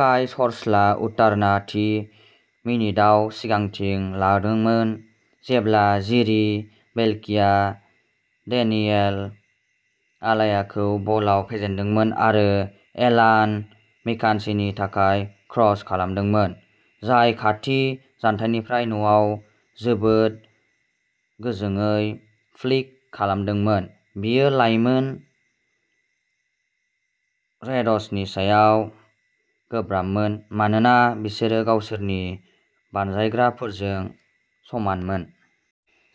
काइसरस्लाउटार्ना थि मिनिटआव सिगांथिं लादोंमोन जेब्ला जिरी बिल्कीआ डेनियेल आलायाखौ बलआव फेजेन्दोंमोन आरो इलान मिकान्स्कीनि थाखाय क्रस खालामदोंमोन, जाय खाथि जानथायनिफ्राय न'आव जोबोद गोजोंयै फ्लिक खालामदोंमोन। बेयो लाइमोन रेड्सनि सायाव गोब्राबमोन मानोना बिसोर गावसोरनि बानजायग्राफोरजों समानमोन।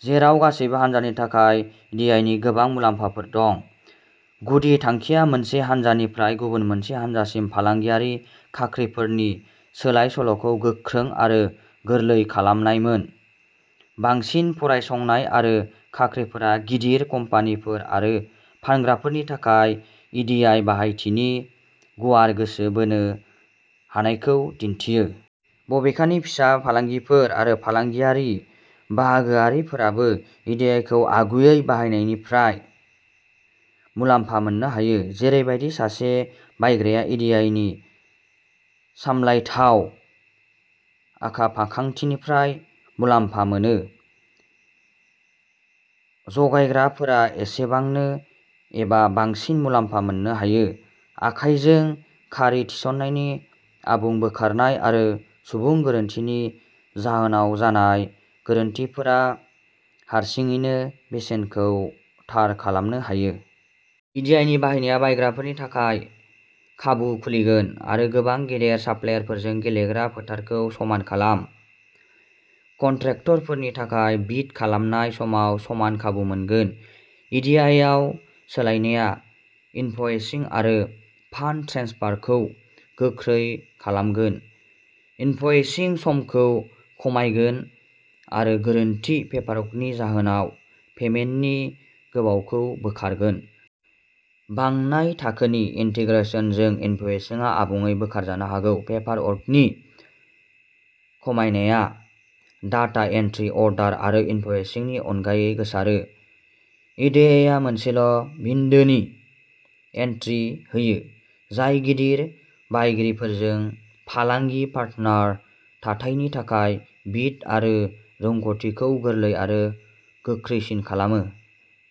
जेराव गासैबो हान्जानि थाखाय इडिआइनि गोबां मुलाम्फाफोर दं, गुदि थांखिया मोनसे हानजानिफ्राय गुबुन मोनसे हान्जासिम फालांगियारि खाख्रिफोरनि सोलाय-सोल'खौ गोख्रों आरो गोरलै खालामनायमोन। बांसिन फरायसंनाय आरो खाख्रिफोरा गिदिर कम्पानिफोर आरो फानग्राफोरनि थाखाय इडिआइ बाहायथिनि गुवार गोसो बोनो हानायखौ दिन्थियो। बबेखानि, फिसा फालांगिफोर आरो फालांगियारि बाहागोआरिफोराबो इडिआइखौ आगुयै बाहायनायनिफ्राय मुलाम्फा मोननो हायो। जेरैबादि सासे बायग्राया इडिआइनि सामलायथाव आखाफाखांथिनिफ्राय मुलाम्फा मोनो, जगायग्राफोरा एसेबांनो एबा बांसिन मुलामफा मोननो हायो। आखाइजों खारि थिसननायनि आबुं बोखारनाय आरो सुबुं गोरोन्थिनि जाहोनाव जानाय गोरोन्थिफोरा हारसिङैनो बेसेनखौ थार खालामनो हायो। इडिआइनि बाहायनाया बायग्राफोरनि थाखाय खाबु खुलिगोन। आरो गोबां गेदेर साप्लायरफोरजों गेलेग्रा फोथारखौ समान खालाम। कन्ट्रेक्टफोरनि थाखाय बिद खालामनाय समाव समान खाबु मोनगोन। इडिआइआव सोलायनाया इनभ'इसिं आरो फान्ड ट्रेन्सफारखौ गोख्रै खालामगोन, इनभ'इसिंनि समखौ खमायगोन आरो गोरोन्थि पेपारवर्कनि जाहोनाव पेमेन्टनि गोबावखौ बोखारगोन। बांनाय थाखोनि इन्टिग्रेसनजों, इनभ'इसिंआ आबुङै बोखारजानो हागौ। पेपारवर्कनि खमायनाया डाटा एन्ट्रि, अर्डार आरो इनभ'इसिंनि अनगायै गोसारो। इडिआइआ मोनसेल'बिन्दोनि एन्ट्रि होयो, जाय गिदिर बायगिरिफोरजों फालांगि पार्टनार थाथायनि थाखाय बिड आरो रोंग'थिखौ गोरलै आरो गोख्रैसिन खालामो।